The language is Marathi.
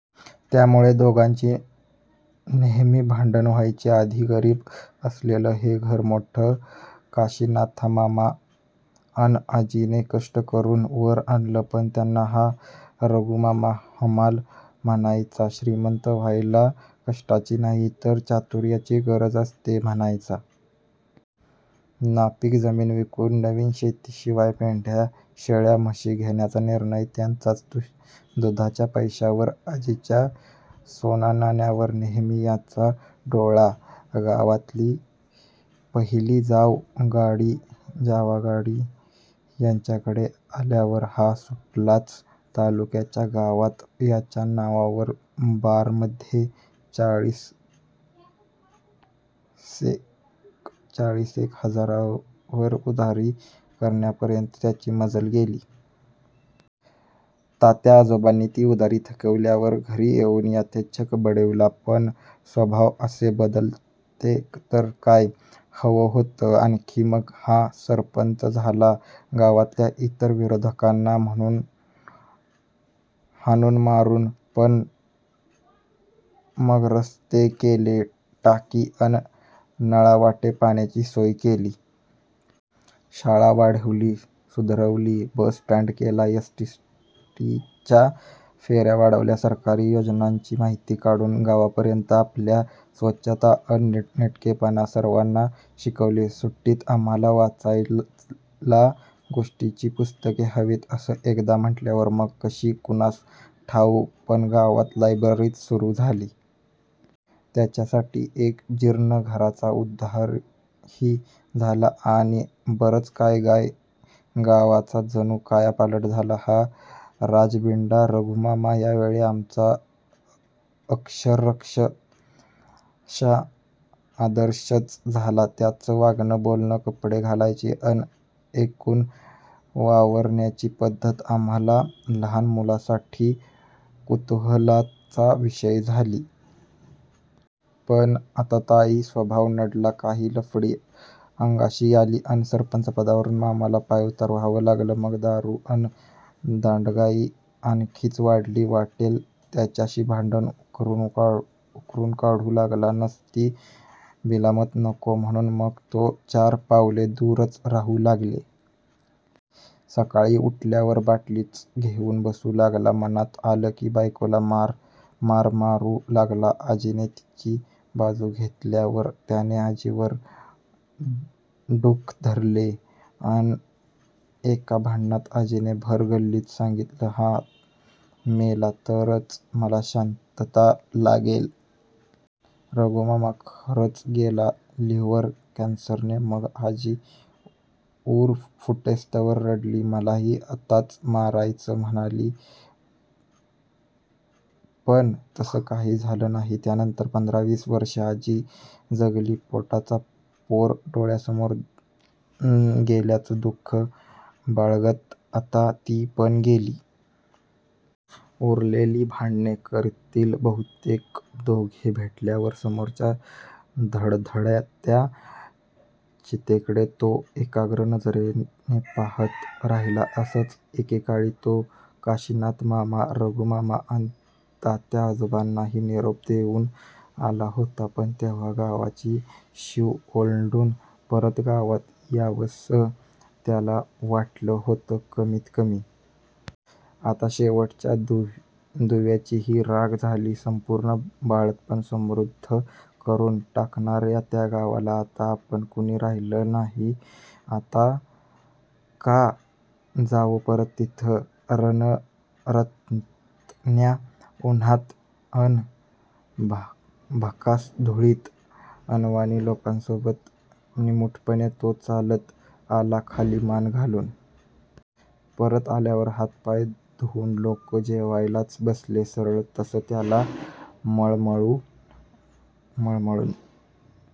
त्यामूळे दोघांची नेहेमी भांडणं व्हायची. आधी गरीब असलेलं हे घर मोठा काशीनाथमामा अन आजीने कष्ट करून वर आणलं. पण त्यांना हा रघूमामा हमाल म्हणायचा. श्रीमंत व्हायला कष्टाची नाही, तर चातूर्याची गरज असते म्हणायचा. नापीक जमीन विकून नवीन शेती, शिवाय मेंढ्या, शेळ्या, म्हशी घेण्याचा निर्णय त्याचाच. दुधाच्या पैशांवर, आजीच्या सोन्यानाण्यावर नेहेमी याचा डोळा. गावातली पहिली जावा गाडी याच्याकडे आल्यावर हा सुटलाच. तालूक्याच्या गावात याच्या नावावर बारमध्ये चाळीसेक हजारांवर 'उधारी' करण्यापर्यंत त्याची मजल गेली. तात्याआजोबांनी ती उधारी थकविल्यावर घरी येऊन यथेच्छ बडविला. पण स्वभाव असे बदलते तर काय हवं होतं आणखी? मग हा सरपच झाला. गावातल्या इतर विरोधकांना म्हणून हाणून मारून. पण मग रस्ते केले. टाकी अन नळावाटे पाण्याची सोय केली. शाळा वाढवली, सुधरवली. बस-स्टँड केला. एस्. टी. च्या फेर्या वाढवल्या. सरकारी योजनांची माहिती काढून गावापर्यंत आपल्या. स्वच्छता अन नीटनेटकेपणा सर्वांना शिकविले. सुट्टीत आम्हाला वाचायला गोष्टींची पुस्तके हवीत, असं एकदा म्हटल्यावर मग कशी कुणास ठाऊक, पण गावात लायब्ररीच सुरू झाली. त्याच्यासाठी एक जीर्ण घराचा उध्दारही झाला. आणि बरंच काय काय.. गावाचा जणू कायापालट झाला. हा राजबिंडा रघूमामा यावेळी आमचा अक्षरशः आदर्शच झाला. त्याचं वागणं, बोलणं, कपडे घालायची अन एकूण वावरण्याची पध्दत आम्हाला लहान मुलांसाठी कुतूहलाचा विषय झाली. पण आततायी स्वभाव नडला. काही लफडी अंगाशी आली, अन सरपंचपदावरून मामाला पायऊतार व्हावं लागलं. मग दारू अन दांडगाई आणखीच वाढली. वाटेल त्याच्याशी भांडण उकरून काढू लागला. नसती बिलामत नको, म्हणून मग लोक चार पावले दुरच राहू लागले. सकाळी उठल्यावर बाटलीच घेऊन बसू लागला. मनात आलं की बायकोला मार मार मारू लागला. आजीने तिची बाजू घेतल्यावर त्याने आजीवर डुख धरले. अन एका भांडणात आजीने भर गल्लीत सांगितलं, हा मेला, तरच मला शांतता लागेल. रघूमामा खरेच गेला. लिव्हर कँसरने. मग आजी ऊर फुटेस्तवर रडली. मलाही आताच मरायचं म्हणाली. पण तसं काही झालं नाही. त्यानंतर पंधरा-वीस वर्षे आजी जगली. पोटाचा पोर डोळ्यांसमोर गेल्याचं दु:ख बाळगत. आता ती पण गेली. उरलेली भांडणे करतील बहूतेक दोघे भेटल्यावर..! समोरच्या धडधडत्या चितेकडे तो एकाग्र नजरेने पाहत राहिला. असाच एकेकाळी तो काशीनाथमामा, रघूमामा अन तात्याआजोबांनाही निरोप देऊन आला होता. पण तेव्हा गावाची शीव ओलांडून परत गावात यावसं त्याला वाटलं होतं कमीत कमी. आता शेवटच्या दुव्याचीही राग झाली. संपूर्ण बाळपण समृध्द करून टाकणार्या त्या गावाला आता आपण कुणी राहिलं नाही. आता का जावं परत तिथं? रणरणत्या उन्हात अन भकास धुळीत अनवाणी लोकांसोबत निमूटपणे तो चालत आला, खाली मान घालून. परत आल्यावर हात-पाय धुवून लोक जेवायलाच बसले सरळ, तसं त्याला मळ-मळून--